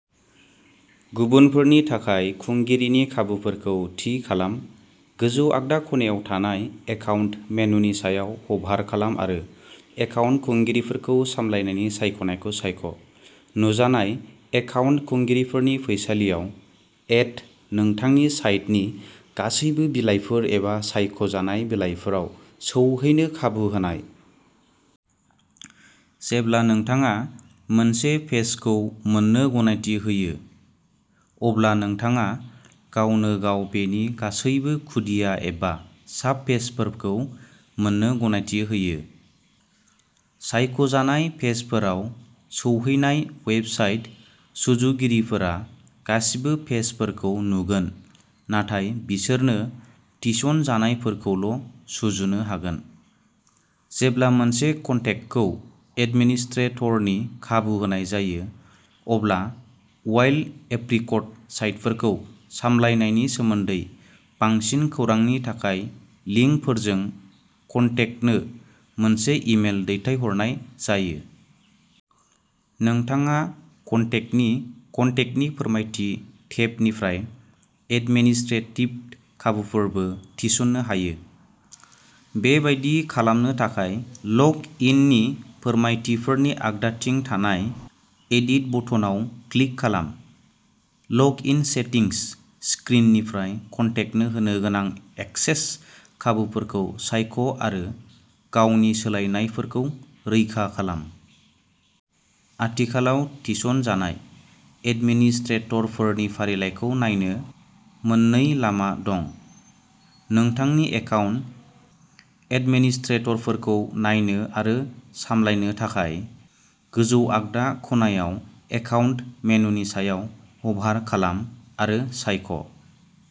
गुबुनफोरनि थाखाय खुंगिरिनि खाबुफोरखौ थि खालाम। गोजौ आगदा खनायाव थानाय एकाउन्ट मेनुनि सायाव हभार खालाम आरो एकाउन्ट खुंगिरिफोरखौ सामलायनायनि सायख'नायखौ सायख'। नुजानाय एकाउन्ट खुंगिरिफोरनि फैसालियाव, एड नोंथांनि साइटनि गासैबो बिलाइफोर एबा सायख' जानाय बिलाइफोराव सौहैनो खाबु होनाय। जेब्ला नोंथाङा मोनसे पेजखौ मोननो गनायथि होयो, अब्ला नोंथाङा गावनो गाव बेनि गासैबो खुदिया एबा साबपेजफोरखौ मोन्नो गनायथि होयो। सायख'जानाय पेजफोराव सौहैनाय वेबसाइट सुजुगिरिफोरा गासिबो पेजफोरखौ नुगोन नाथाय बिसोरनो थिसनजानायफोरखौल' सुजुनो हागोन। जेब्ला मोनसे कन्टेक्टखौ एडमिनिस्ट्रेटरनि खाबु होनाय जायो, अब्ला वाइल्ड एप्रिकट साइटफोरखौ सामलायनायनि सोमोन्दै बांसिन खौरांनि थाखाय लिंकफोरजों कन्टेक्टनो मोनसे इमेल दैथायहरनाय जायो। नोंथाङा कन्टेक्टनि कन्टेक्टनि फोरमायथि टेबनिफ्राय एडमिनिस्ट्रेटिभ खाबुफोरबो थिसन्नो हायो। बेबायदि खालामनो थाखाय, लग इननि फोरमायथिफोरनि आगदाथिं थानाय एडिट बटनाव क्लिक खालाम। लग इन सेटिंस स्क्रिननिफ्राय, कन्टेक्टनो होनो गोनां एक्सेस खाबुफोरखौ सायख' आरो गावनि सोलायनायफोरखौ रैखा खालाम। आथिखालाव थिसनजानाय एडमिनिस्ट्रेटरफोरनि फारिलाइखौ नायनो मोननै लामा दं। नोंथांनि एकाउन्ट एडमिनिस्ट्रेटरफोरखौ नायनो आरो सामलायनो थाखाय, गोजौ आगदा खनायाव एकाउन्ट मेनुनि सायाव हभार खालाम आरो सायख'।